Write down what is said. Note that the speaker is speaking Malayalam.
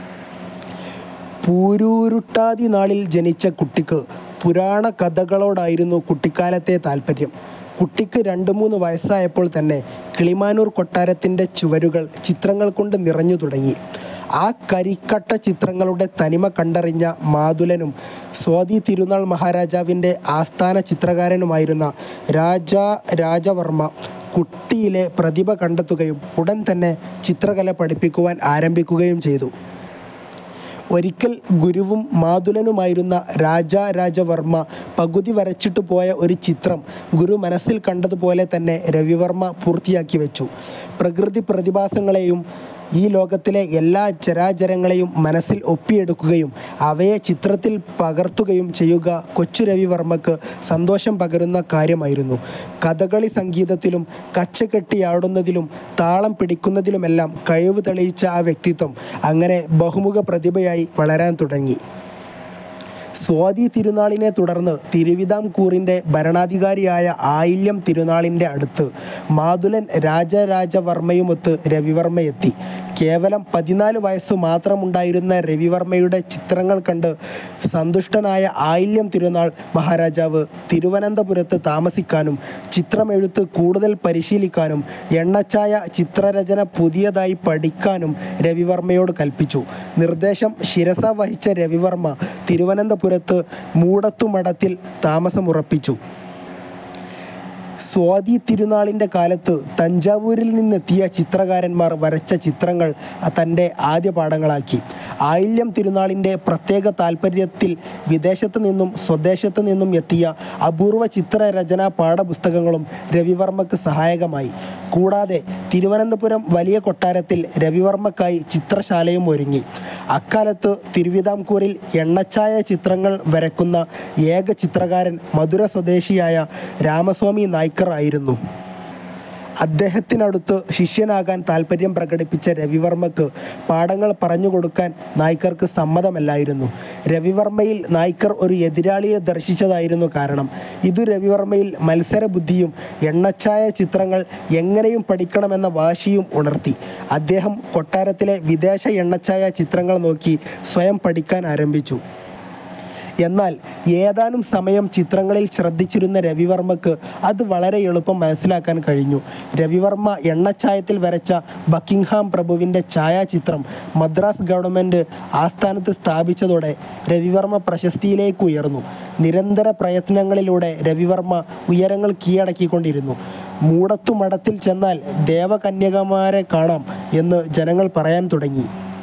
പൂരൂരുട്ടാതി നാളിൽ ജനിച്ച കുട്ടിക്ക് പുരാണകഥകളോടായിരുന്നു കുട്ടിക്കാലത്തേ താൽപര്യം. കുട്ടിക്ക് രണ്ടു മൂന്ന് വയസ്സായപ്പോൾ തന്നെ കിളിമാനൂർ കൊട്ടാരത്തിന്റെ ചുവരുകൾ ചിത്രങ്ങൾ കൊണ്ട് നിറഞ്ഞു തുടങ്ങി. ആ കരിക്കട്ടച്ചിത്രങ്ങളുടെ തനിമ കണ്ടറിഞ്ഞ മാതുലനും സ്വാതിതിരുനാൾ മഹാരാജാവിന്റെ ആസ്ഥാന ചിത്രകാരനും ആയിരുന്ന രാജരാജവർമ്മ കുട്ടിയിലെ പ്രതിഭ കണ്ടെത്തുകയും ഉടൻ തന്നെ ചിത്രകല പഠിപ്പിക്കുവാൻ ആരംഭിക്കുകയും ചെയ്തു. ഒരിക്കൽ ഗുരുവും മാതുലനുമായിരുന്ന രാജരാജവർമ്മ പകുതി വരച്ചിട്ടു പോയ ഒരു ചിത്രം ഗുരു മനസ്സിൽ കണ്ടതുപോലെ തന്നെ രവിവർമ്മ പൂർത്തിയാക്കി വച്ചു. പ്രകൃതി പ്രതിഭാസങ്ങളെയും ഈ ലോകത്തിലെ എല്ലാ ചരാചരങ്ങളെയും മനസ്സിൽ ഒപ്പിയെടുക്കുകയും അവയെ ചിത്രത്തിൽ പകർത്തുകയും ചെയ്യുക കൊച്ചുരവിവർമ്മയ്ക്ക് സന്തോഷം പകരുന്ന കാര്യമായിരുന്നു. കഥകളി സംഗീതത്തിലും കച്ചകെട്ടിയാടുന്നതിലും താളം പിടിക്കുന്നതിലുമെല്ലാം കഴിവു തെളിയിച്ച ആ വ്യക്തിത്വം അങ്ങനെ ബഹുമുഖപ്രതിഭയായി വളരാൻ തുടങ്ങി. സ്വാതിതിരുനാളിനെ തുടർന്ന് തിരുവിതാംകൂറിന്റെ ഭരണാധികാരിയായ ആയില്യം തിരുനാളിന്റെ അടുത്ത് മാതുലൻ രാജരാജവർമ്മയുമൊത്ത് രവിവർമ്മ എത്തി. കേവലം പതിനാല് വയസ്സുമാത്രമുണ്ടായിരുന്ന രവിവർമ്മയുടെ ചിത്രങ്ങൾ കണ്ട് സന്തുഷ്ടനായ ആയില്യം തിരുനാൾ മഹാരാജാവ് തിരുവനന്തപുരത്ത് താമസിക്കാനും, ചിത്രമെഴുത്ത് കൂടുതൽ പരിശീലിക്കാനും, എണ്ണച്ചായ ചിത്രരചന പുതിയതായി പഠിക്കാനും രവിവർമ്മയോടു കൽപ്പിച്ചു. നിർദ്ദേശം ശിരസാവഹിച്ച രവിവർമ്മ തിരുവനന്തപുരത്ത് മൂടത്തുമഠത്തിൽ താമസമുറപ്പിച്ചു. സ്വാതിതിരുന്നാളിന്റെ കാലത്ത് തഞ്ചാവൂരിൽ നിന്നെത്തിയ ചിത്രകാരന്മാർ വരച്ചചിത്രങ്ങൾ തന്റെ ആദ്യപാഠങ്ങളാക്കി. ആയില്യംതിരുനാളിന്റെ പ്രത്യേക താൽപ്പര്യത്തിൽ വിദേശത്തുനിന്നും സ്വദേശത്തുനിന്നും എത്തിയ അപൂർവ്വ ചിത്രരചനാ പാഠപുസ്തകങ്ങളും രവിവർമ്മക്ക് സഹായകമായി. കൂടാതെ തിരുവനന്തപുരം വലിയകൊട്ടാരത്തിൽ രവിവർമ്മക്കായി ചിത്രശാലയും ഒരുങ്ങി. അക്കാലത്ത് തിരുവിതാംകൂറിൽ എണ്ണച്ചായ ചിത്രങ്ങൾ വരക്കുന്ന ഏക ചിത്രകാരൻ മധുര സ്വദേശിയായ രാമസ്വാമി നായ്ക്കർ ആയിരുന്നു. അദ്ദേഹത്തിനടുത്ത് ശിഷ്യനാകാൻ താത്പര്യം പ്രകടിപ്പിച്ച രവിവർമ്മക്ക് പാഠങ്ങൾ പറഞ്ഞു കൊടുക്കാൻ നായ്ക്കർക്ക് സമ്മതമല്ലായിരുന്നു. രവിവർമ്മയിൽ നായ്ക്കർ ഒരു എതിരാളിയെ ദർശിച്ചതായിരുന്നു കാരണം. ഇതു രവിവർമ്മയിൽ മത്സരബുദ്ധിയും എണ്ണച്ചായ ചിത്രങ്ങൾ എങ്ങനെയും പഠിക്കണമെന്ന വാശിയും ഉണർത്തി. അദ്ദേഹം കൊട്ടാരത്തിലെ വിദേശ എണ്ണച്ചായ ചിത്രങ്ങൾ നോക്കി സ്വയം പഠിക്കാൻ ആരംഭിച്ചു. എന്നാൽ ഏതാനം സമയം ചിത്രങ്ങളിൽ ശ്രദ്ധിച്ചിരുന്ന രവിവർമ്മക്ക് അത് വളരെ എളുപ്പം മനസ്സിലാക്കാൻ കഴിഞ്ഞു. രവിവർമ്മ എണ്ണച്ചായത്തിൽ വരച്ച ബക്കിങ്ങ്ഹാം പ്രഭുവിന്റെ ഛായാ ചിത്രം മദ്രാസ് ഗവൺമന്റ് ആസ്ഥാനത്ത് സ്ഥാപിച്ചതോടെ രവിവർമ്മ പ്രശസ്തിയിലേക്ക് ഉയർന്നു. നിരന്തര പ്രയത്നങ്ങളിലൂടെ രവിവർമ്മ ഉയരങ്ങൾ കീഴടക്കികൊണ്ടിരുന്നു. 'മൂടത്തു മഠത്തിൽ ചെന്നാൽ ദേവകന്യകമാരെ കാണാം' എന്ന് ജനങ്ങൾ പറയാൻ തുടങ്ങി.